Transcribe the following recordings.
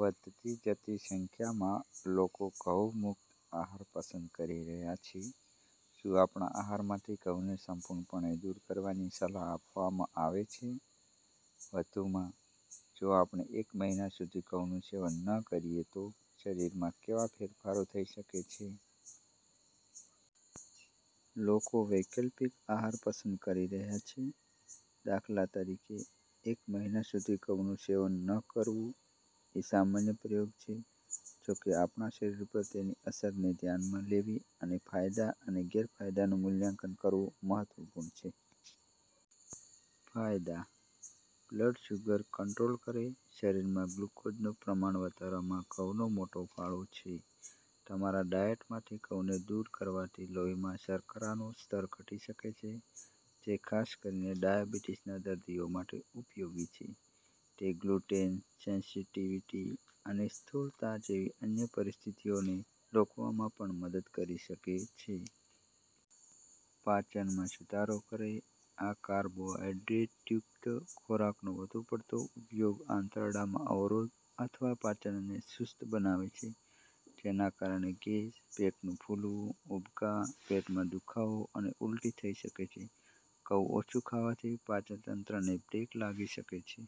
વધતી જતી સંખ્યામાં લોકો ઘઉં-મુક્ત આહાર પસંદ કરી રહ્યા છે. શું આપણા આહારમાંથી ઘઉંને સંપૂર્ણપણે દૂર કરવાની સલાહ આપવામાં આવે છે? વધુમાં, જો આપણે એક મહિના સુધી ઘઉંનું સેવન ન કરીએ તો શરીરમાં કેવા ફેરફારો થઈ શકે છે? લોકો વૈકલ્પિક આહાર પસંદ કરી રહ્યા છે, દાખલા તરીકે, એક મહિના સુધી ઘઉંનું સેવન ન કરવું એ સામાન્ય પ્રયોગ છે. જો કે, આપણા શરીર પર તેની અસરને ધ્યાનમાં લેવી અને ફાયદા અને ગેરફાયદાનું મૂલ્યાંકન કરવું મહત્વપૂર્ણ છે. ફાયદા: બ્લડ સુગર કંટ્રોલ કરે, શરીરમાં ગ્લુકોઝનું પ્રમાણ વધારવામાં ઘઉંનો મોટો ફાળો છે. તમારા ડાયટમાંથી ઘઉંને દૂર કરવાથી લોહીમાં શર્કરાનું સ્તર ઘટી શકે છે, જે ખાસ કરીને ડાયાબિટીસના દર્દીઓ માટે ઉપયોગી છે. તે ગ્લુટેન સેન્સિટિવિટી અને સ્થૂળતા જેવી અન્ય પરિસ્થિતિઓને રોકવામાં પણ મદદ કરી શકે છે. પાચનમાં સુધારો કરે, આ કાર્બોહાઇડ્રેટયુક્ત ખોરાકનો વધુ પડતો ઉપયોગ આંતરડામાં અવરોધ અથવા પાચનને સુસ્ત બનાવે છે, જેના કારણે ગેસ, પેટનું ફૂલવું, ઉબકા, પેટમાં દુખાવો અને ઉલટી થઈ શકે છે. ઘઉં ઓછું ખાવાથી પાચનતંત્રને બ્રેક લાગી શકે છે.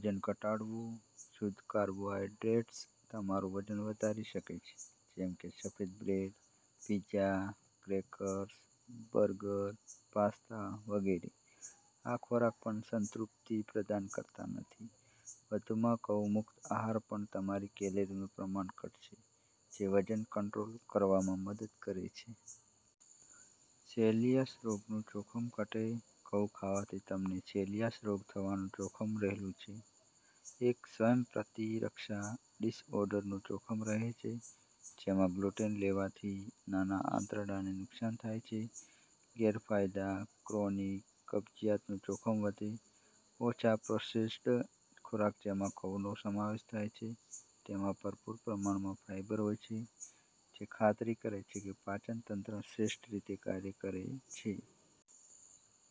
વજન ઘટાડવું, શુદ્ધ કાર્બોહાઇડ્રેટ્સ તમારું વજન વધારી શકે છે, જેમ કે સફેદ bread, pizza, crackers, burger, pasta વગેરે. આ ખોરાક પણ સંતૃપ્તિ પ્રદાન કરતા નથી. વધુમાં, ઘઉં-મુક્ત આહાર પર તમારી કેલરીનું પ્રમાણ ઘટશે, જે વજન કંટ્રોલ કરવામાં મદદ કરે છે. સેલિયાક રોગનું જોખમ ઘટે, ઘઉં ખાવાથી તમને સેલિયાક રોગ થવાનું જોખમ રહેલું છે, એક સ્વયંપ્રતિરક્ષા ડિસઓર્ડરનું જોખમ રહે છે, જેમાં ગ્લુટેન લેવાથી નાના આંતરડાને નુકસાન થાય છે. ગેરફાયદા:ક્રોનિક કબજિયાતનું જોખમ વધે, ઓછા પ્રોસેસ્ડ ખોરાક જેમાં ઘઉંનો સમાવેશ થાય છે તેમાં ભરપૂર પ્રમાણમાં ફાઇબર હોય છે, જે ખાતરી કરે છે કે પાચનતંત્ર શ્રેષ્ઠ રીતે કાર્ય કરે છે.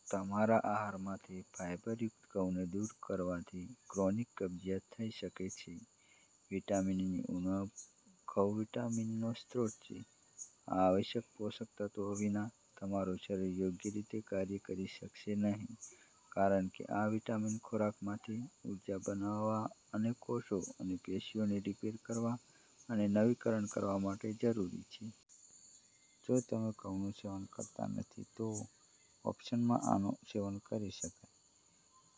તમારા આહારમાંથી ફાઈબરયુક્ત ઘઉંને દૂર કરવાથી ક્રોનિક કબજિયાત થઈ શકે છે. વિટામિન ની ઉણપ, ઘઉં વિટામિન નો સ્ત્રોત છે. આ આવશ્યક પોષક તત્ત્વો વિના, તમારું શરીર યોગ્ય રીતે કાર્ય કરી શકશે નહીં કારણ કે આ વિટામિન ખોરાકમાંથી ઊર્જા બનાવવા અને કોષો અને પેશીઓને રિપેર કરવા અને નવીકરણ કરવા માટે જરૂરી છે. જો તમે ઘઉંનું સેવન કરતા નથી તો ઓપ્શનમાં આનું સેવન કરી શકાય: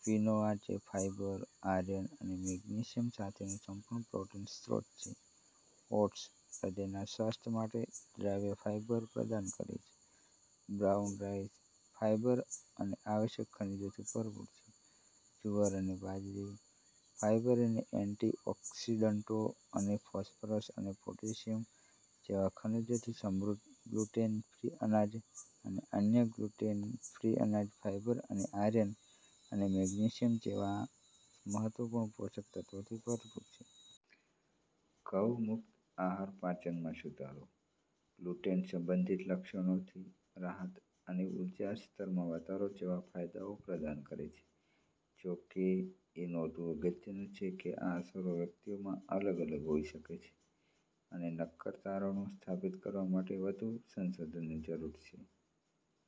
ક્વિનોઆ જે ફાઇબર, આયર્ન અને મેગ્નેશિયમ સાથેનો સંપૂર્ણ પ્રોટીન સ્ત્રોત છે, ઓટ્સ: હૃદયના સ્વાસ્થ્ય માટે દ્રાવ્ય ફાઇબર પ્રદાન કરે છે, બ્રાઉન રાઈસ: ફાઈબર અને આવશ્યક ખનિજોથી ભરપૂર છે, જુવાર અને બાજરી: ફાઇબર, એન્ટીઑકિસડન્ટો અને ફોસ્ફરસ અને પોટેશિયમ જેવા ખનિજોથી સમૃદ્ધ ગ્લુટેન ફ્રી અનાજ અને અન્ય ગ્લુટેન ફ્રી અનાજ ફાઇબર અને આયર્ન અને મેગ્નેશિયમ જેવા મહત્વપૂર્ણ પોષક તત્વોથી ભરપૂર છે. ઘઉં-મુક્ત આહાર પાચનમાં સુધારો, ગ્લુટેન-સંબંધિત લક્ષણોથી રાહત અને ઉર્જા સ્તરમાં વધારો જેવા ફાયદાઓ પ્રદાન કરે છે. જો કે, એ નોંધવું અગત્યનું છે કે આ અસરો વ્યક્તિઓમાં અલગ અલગ હોઈ શકે છે, અને નક્કર તારણો સ્થાપિત કરવા માટે વધુ સંશોધનની જરૂર છે.